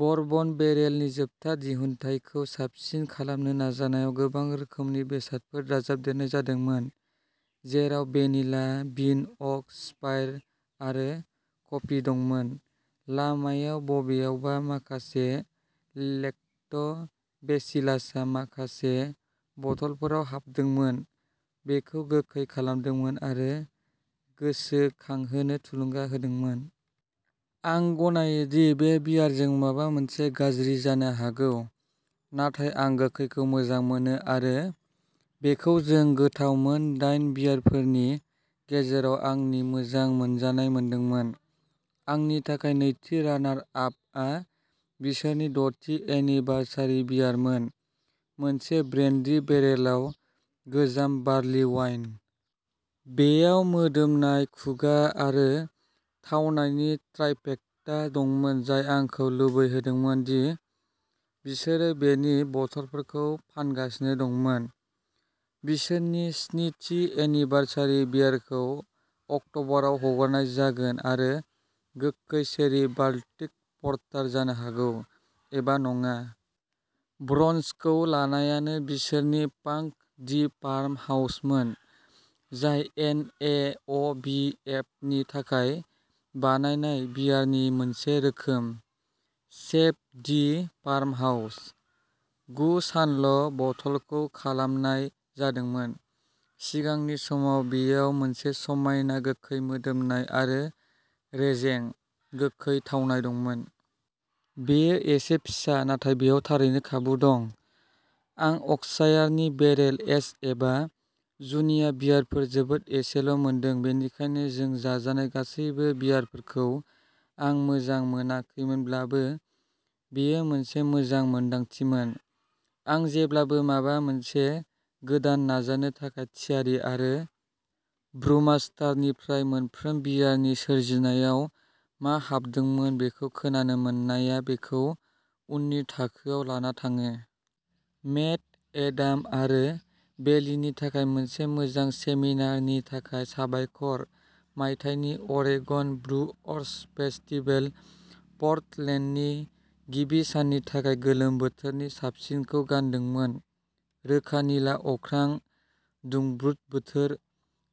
Bourbon बेरेलनि जोबथा दिहुनथायखौ साबसिन खालामनो नाजानायाव गोबां रोखोमनि बेसादफोर दाजाबदेरनाय जादोंमोन, जेराव भेनिला बिन अक स्पायर आरो कफि दंमोन। लामायाव बबेयावबा माखासे लेक्ट' बेसिलासआ माखासे बथलफोराव हाबदोंमोन, बेखौ गोखै खालामदोंमोन आरो गोसोखांहोनो थुलुंगा होदोंमोन। आं गनायो दि बे बियारजों माबा मोनसे गाज्रि जानो हागौ, नाथाय आं गोखैखौ मोजां मोनो आरो बेखौ जों गोथाव मोन दाइन बियारफोरनि गेजेराव आंनि मोजां मोनजानाय मोनदोंमोन। आंनि थाखाय नैथि रानार आपआ बिसोरनि दथि एनिभार्सारि बियारमोन मोनसे ब्रेन्डी बेरेलाव गोजाम बार्लिवाइन। बेयाव मोदोमनाय, खुगा आरो थावनायनि ट्राइफेक्टा दंमोन जाय आंखौ लुबैहोदोंमोन दि बिसोरो बेनि बथलफोरखौ फानगासिनो दंमोन। बिसोरनि स्नि थि एनिभार्सारि बियारखौ अक्टबराव हगारनाय जागोन आरो गोखै चेरी बाल्टिक पर्टार जानो हागौ । एबा नङा। ब्रन्जखौ लानायानो बिसोरनि फांक दि फार्म हाउसमोन, जाय एन ए अ बि एफनि थाखाय बानायनाय बियारनि मोनसे रोखोम, सेभ दि फार्महाउस। गु सानल' बथलखौ खालामनाय जादोंमोन। सिगांनि समाव बेयाव मोनसे समायना गोखै मोदोमनाय आरो रेजें, गोखै थावनाय दंमोन। बेयो एसे फिसा नाथाय बेयाव थारैनो खाबु दं। आं अक्सायारनि बेरेल एज एबा जुनिया बियारफोर जोबोद एसेल' मोनदों बेनिखायनो जों जाजानाय गासैबो बियारफोरखौ आं मोजां मोनाखैमोनब्लाबो बेयो मोनसे मोजां मोन्दांथिमोन। आं जेब्लाबो माबा मोनसे गोदान नाजानो थाखाय थियारि आरो ब्रुमाष्टारनिफ्राय मोनफ्रोम बियारनि सोरजिनायाव मा हाबदोंमोन बेखौ खोनानो मोननाया बेखौ उननि थाखोआव लाना थाङो। मेट, एडाम आरो बेलीनि थाखाय मोनसे मोजां सेमिनारनि थाखाय साबायखर मायथाइनि अरेगन ब्रुअर्स फेस्टिभेल पर्टलेन्डनि गिबि साननि थाखाय गोलोम बोथोरनि साबसिनखौ गानदोंमोन रोखा निला अख्रां, दुंब्रुद बोथोर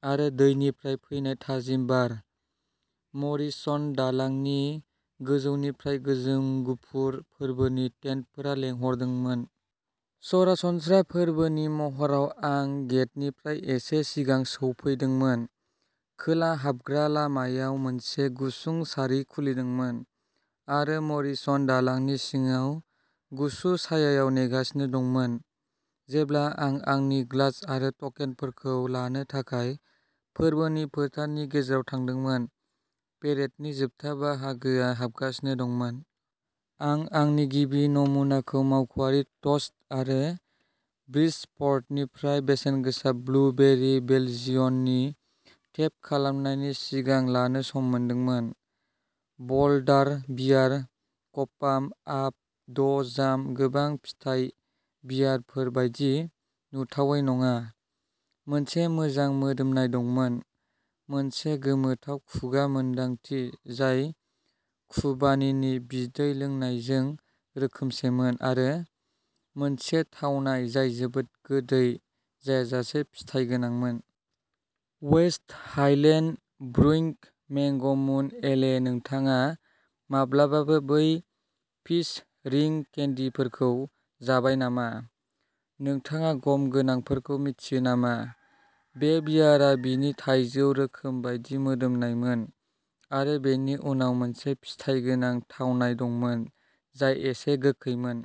आरो दैनिफ्राय फैनाय थाजिम बार। मरिसन दालांनि गोजौनिफ्राय गोजों गुफुर फोरबोनि टेन्टफोरा लेंहरदोंमोन। सरासनस्रा फोरबोनि महराव, आं गेटफोरनि एसे सिगां सौफैदोंमोन। खोला हाबग्रा लामायाव मोनसे गुसुं सारि खुलिदोंमोन आरो मरिसन दालांनि सिङाव गुसु सायायाव नेगासिनो दंमोन। जेब्ला आं आंनि ग्लास आरो टकेनफोरखौ लानो थाखाय फोरबोनि फोथारनि गेजेराव थांदोंमोन, पेरेडनि जोबथा बाहागोआ हाबगासिनो दंमोन। आं आंनि गिबि नमुनाखौ मावख'आरि ट'स्ट आरो ब्रिजप'र्टनिफ्राय बेसेनगोसा ब्लुबेरि बेल्जियननि टेप खालामनायनि सिगां लानो सम मोनदोंमोन। ब'ल्डार बियार क'पाम्प आप द जाम गोबां फिथाइ बियारफोर बायदि नुथावै नङा, मोनसे मोजां मोदोमनाय दंमोन, मोनसे गोमोथाव खुगा मोनदांथि जाय खुबानीनि बिदै लोंनायजों रोखोमसेमोन आरो मोनसे थावनाय जाय जोबोद गोदै जायाजासे फिथाइ गोनांमोन। वेस्ट हाइलेन्ड ब्रुइं मेंग'मुन एले नोंथाङा माब्लाबाबो बै पिच रिं केन्डिफोरखौ जाबाय नामा? नोंथाङा गम गोनांफोरखौ मिथियो नामा? बे बियारआ बिनि थाइजौ रोखोम बायदि मोदोमनायमोन आरो बेनि उनाव मोनसे फिथाइ गोनां थावनाय दंमोन जाय एसे गोखैमोन।